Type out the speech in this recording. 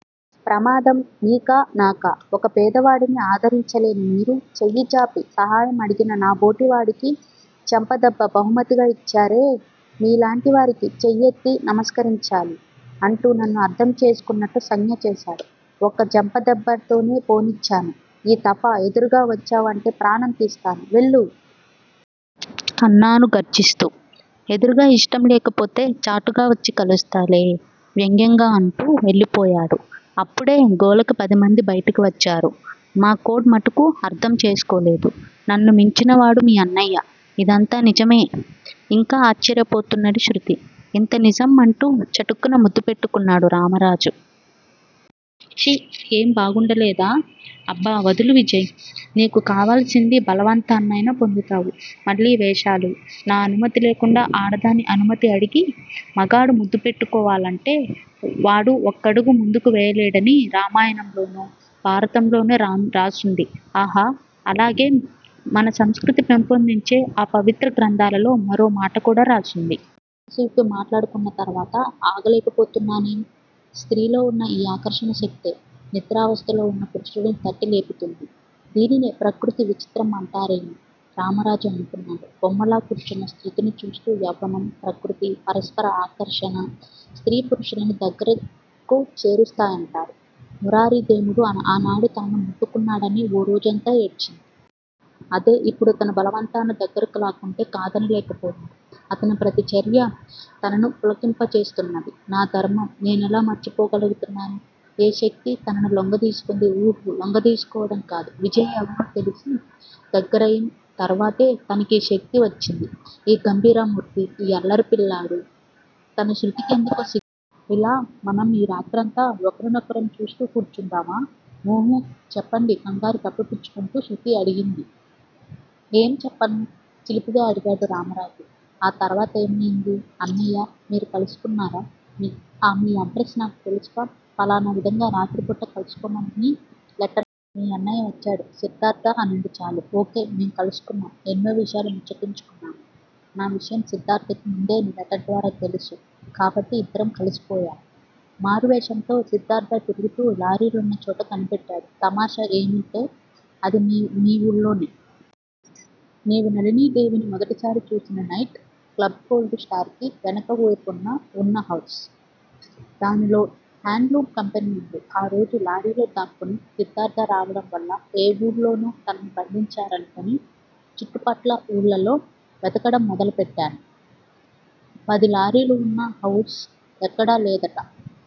ప్రమాదం మీకా నాకా! ఒక పేదవాడిని ఆదరించలేని మీరు, చెయ్యి జాపి సహాయం అడిగిన నాబోటివాడికి చెంపదెబ్బ బహుమతిగా యిచ్చారే! మీలాంటివారికి చేయెత్తి నమస్కరించాలి. అంటూ నన్ను అర్థం చేసుకున్నట్టు సంజ్ఞ చేశాడు. ఒక్క చెంప దెబ్బతోనే పోనిచ్చాను. ఈ తఫా ఎదురుగా వచ్చావంటే ప్రాణం తీస్తాను, వెళ్ళు. అన్నాను గర్జిస్తూ. ఎదురుగాయిష్టంలేకపోతే చాటుగా వచ్చి కలుస్తాలే. వ్యంగ్యంగా అంటూ వెళ్ళిపోయాడు. అప్పుడే గోలకి పదిమంది బైటికి వచ్చారు. మా కోడ్ మటుకు అర్థం చేసుకోలేదు. నన్ను మించినవాడు మీ అన్నయ్య. ఇదంతా నిజమే? ఇంకా ఆశ్చర్యపోతున్నది శృతి. ఇంతనిజం అంటూ చటుక్కున ముద్దు పెట్టుకున్నాడు రామరాజు. ఛీ ఏం బాగుండలేదా? అబ్బ వదులు విజయ్! నీకు కావలసింది బలవంతానైనా పొందుతావు, మళ్ళీ వేషాలు, నా అనుమతి లేకుండా ఆడదాని అనుమతి అడిగి మగాడు ముద్దుపెట్టుకోవాలంటే వాడు ఒక్కడుగు ముందుకు వేయలేడని రామాయణంలోనో, భారతంలోనో రాసుంది ఆహా, అలాగేం మన సంస్కృతి పెంపొందించే ఆ పవిత్ర గ్రంథాలలో మరో మాటకూడా రాసుంది. మనసు విప్పి మాట్లాడుకున్న తర్వాత ఆగలేకపోతున్నానేం? స్త్రీలో వున్న ఈ ఆకర్షణశక్తే నిద్రావస్థలో వున్న పురుషుడిని తట్టి లేపుతుంది. దీనినే ప్రకృతి విచిత్రం అంటారేమో! రామరాజు అనుకున్నాడు, బొమ్మలా కూర్చున్న శృతిని చూస్తూ. యౌవనం, ప్రకృతి, పరస్పర ఆకర్షణ స్త్రీ పురుషులని దగ్గరకు చేరుస్తాయంటారు. మురారిదేముడు ఆనాడు తనను ముట్టుకున్నాడని ఓ రోజంతా ఏడ్చింది. అదే ఇప్పుడు అతను బలవంతాన దగ్గరకు లాక్కుంటే కాదనలేకపోయింది. అతని ప్రతి చర్యా తనను పులకింపజేస్తున్నది. నా ధర్మం నేనెలా మరిచిపొగలుగుతున్నాను! ఏ శక్తి తనని లోంగదీసుకుంది? ఊహూ లొంగదీసుకోవటం కాదు. విజయ్ ఎవరో తెలిసి, దగ్గరయిం తరవాతే తనకీ శక్తి వచ్చింది. ఈ గంభీరామూర్తి, ఈ అల్లారిపిల్లడు తన శృతికెందుకో సిగ్గు ముంచుకు వచ్చింది. ఇలా మనం ఈ రాత్రంతా ఒకరినొకరం చూస్తూ కూర్చుందామా! ఉహూ. చెప్పండి కంగారు కప్పిపుచ్చుకుంటూ శృతి అడిగింది. ఏం చెప్పను? చిలిపిగా అడిగాడు రామరాజు. ఆ తర్వాతేమయింది? అన్నయ్య, మీరు కలుసుకున్నారా! ఆ మీ అడ్రస్ నాకు తెలుసుగా? ఫలానా విధంగా రాత్రిపూట కల్సుకోమని లెటర్ రాశాను. మీ అన్నయ్య వచ్చాడు సిద్దార్థ అనండి చాలు. ఓ. కే. మేం కలుసుకున్నాం, ఎన్నో విషయాలు ముచ్చటించుకున్నాము. నా విషయం సిద్దార్థకి ముందే నీ లెటర్ ద్వారా తెలుసు. కాబట్టి ఇద్దరం కలిసిపోయాము. మారువేషంతో సిద్దార్థ తిరుగుతూ లారీలున్నచోటు కనిపెట్టాడు. తమాషా ఏమంటే అది మీ వూళ్ళోనే. నీవు నళినీదేవిని మొదటిసారి చూసిన నైట్ క్లబ్ గోల్డు స్టార్ కి వెనక వేపున వున్న హౌస్. దానిలో హాండ్ లూమ్ కంపెనీ వుంది. ఆ రోజు లారీలో దాక్కుని సిద్దార్థ రావడంవల్ల ఏ వూళ్ళోనో తనని బంధించారనుకుని చుట్టుపట్ల ఊళ్ళలో వెదకటం మొదలుపెట్టాడు. పది లారీలువున్నహవుస్ ఎక్కడాలేదుట.